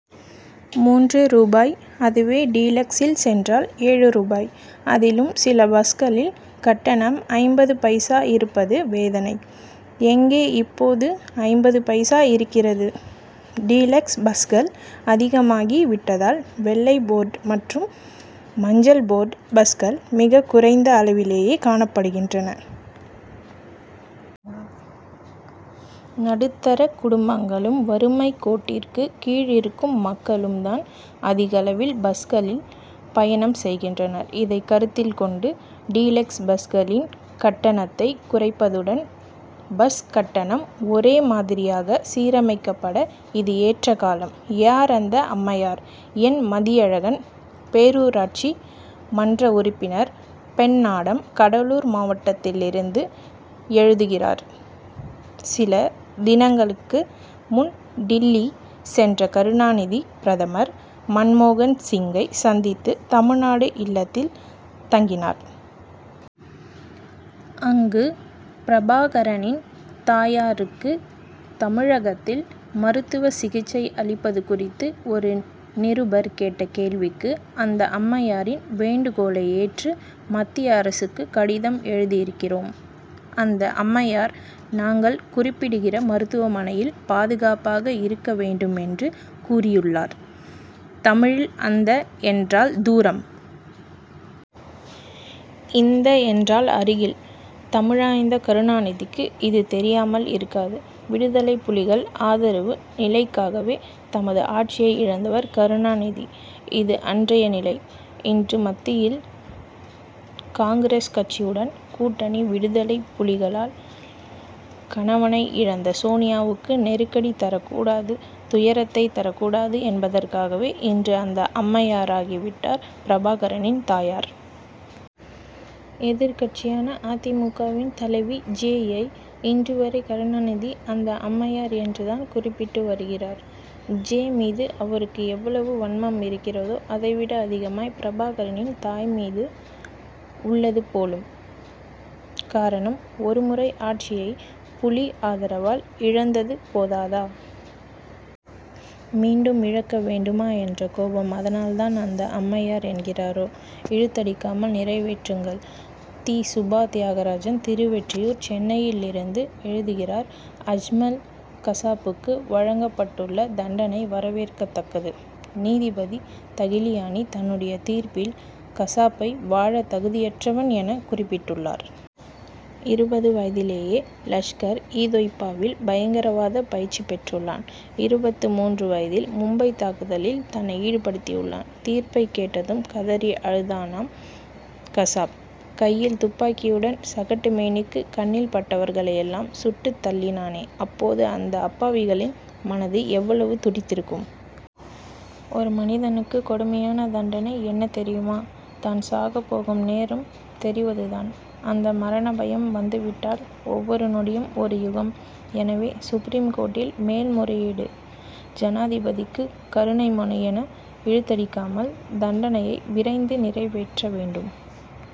மூன்று ரூபாய் அதுவே டீலக்சில் சென்றால் ஏழு ரூபாய். அதிலும் சில பஸ்களில் கட்டணம் ஐம்பது பைசா இருப்பது வேதனை. எங்கே இப்போது ஐம்பது பைசா இருக்கிறது? டீலக்ஸ் பஸ்கள் அதிகமாகி விட்டதால் வெள்ளை போர்டு மற்றும் மஞ்சள் போர்டு பஸ்கள் மிகக்குறைந்த அளவிலே காணப்படுகின்றன. நடுத்தர குடும்பங்களும் வறுமைக் கோட்டிற்கு கீழ் இருக்கும் மக்களும் தான் அதிகளவில் பஸ்களில் பயணம் செய்கின்றனர். இதை கருத்தில் கொண்டு டீலக்ஸ் பஸ்களின் கட்டணத்தை குறைப்பதுடன் பஸ் கட்டணம் ஒரே மாதிரியாக சீரமைக்கப்பட இது ஏற்ற காலம். யார் அந்த அம்மையார்? என். மதியழகன் பேரூராட்சி மன்ற உறுப்பினர் பெண்ணாடம் கடலூர் மாவட்டத்திலிருந்து எழுதுகிறார் சில தினங்களுக்கு முன் டில்லி சென்ற கருணாநிதி பிரதமர் மன்மோகன் சிங்கை சந்தித்து தமிழ்நாடு இல்லத்தில் தங்கினார். அங்கு பிரபாகரனின் தாயாருக்கு தமிழகத்தில் மருத்துவ சிகிச்சை அளிப்பது குறித்து ஒரு நிருபர் கேட்ட கேள்விக்கு அந்த அம்மையாரின் வேண்டுகோளை ஏற்று மத்திய அரசுக்கு கடிதம் எழுதியிருக்கிறோம். அந்த அம்மையார் நாங்கள் குறிப்பிடுகிற மருத்துவமனையில் பாதுகாப்பாக இருக்க வேண்டும் என்று கூறியுள்ளார். தமிழில் அந்த என்றால் தூரம். இந்த என்றால் அருகில். தமிழாய்ந்த கருணாநிதிக்கு இது தெரியாமல் இருக்காது. விடுதலைப் புலிகள் ஆதரவு நிலைக்காகவே தமது ஆட்சியை இழந்தவர் கருணாநிதி இது அன்றைய நிலை. இன்று மத்தியில் காங்கிரஸ் கட்சியுடன் கூட்டணி விடுதலைப் புலிகளால் கணவனை இழந்த சோனியாவுக்கு நெருக்கடி தரக் கூடாது துயரத்தை தரக் கூடாது என்பதற்காகவே இன்று அந்த அம்மையாராகி விட்டார் பிரபாகரனின் தாயார். எதிர்க்கட்சியான அ. தி. மு. க.வின் தலைவி ஜெ.யை இன்று வரை கருணாநிதி அந்த அம்மையார் என்று தான் குறிப்பிட் டு வருகிறார். ஜெ. மீது அவருக்கு எவ்வளவு வன்மம் இருக்கிறதோ அதைவிட அதிகமாய் பிரபாகரனின் தாய் மீதும் உள்ளது போலும். காரணம் ஒருமுறை ஆட்சியை புலி ஆதரவால் இழந்தது போதாதா? மீண்டும் இழக்க வேண்டுமா என்ற கோபம். அதனால் தான் அந்த அம்மையார் என்கிறாரோ? இழுத்தடிக்காமல் நிறைவேற்றுங்கள்! தி. சுபா தியாகராஜன் திருவொற்றியூர் சென்னையிலிருந்து எழுதுகிறார் அஜ்மல் கசாப்புக்கு வழங்கப் பட்டுள்ள தண்டனை வரவேற்கத்தக்கது. நீதிபதி தகிலியானி தன்னுடைய தீர்ப்பில் கசாப்பை வாழ தகுதியற்றவன் எனக் குறிப்பிட்டுள்ளார். இருபது வயதிலேயே லஷ்கர் இ தொய் பாவில் பயங்கரவாத பயிற்சிப் பெற்றுள்ளான். இருபத்து மூன்று வயதில் மும்பை தாக்குதலில் தன்னை ஈடுபடுத்தியுள்ளான். தீர்ப்பைக் கேட்டதும் கதறி அழுதானாம் கசாப். கையில் துப்பாக்கியுடன் சகட்டு மேனிக்கு கண்ணில் பட்டவர்களை எல்லாம் சுட்டு தள்ளினானே அப்போது அந்த அப்பாவிகளின் மனது எவ்வளவு துடித்திருக்கும். ஒரு மனிதனுக்கு கொடுமையான தண்டனை என்ன தெரியுமா? தான் சாக போகும் நேரம் தெரிவது தான். அந்த மரணபயம் வந்து விட்டால் ஒவ்வொரு நொடியும் ஒரு யுகம். எனவே சுப்ரீம் கோர்ட்டில் மேல் முறையீடு ஜனாதிபதிக்கு கருணை மனு என இழுத்தடிக்காமல் தண்டனையை விரைந்து நிறைவேற்ற வேண்டும்.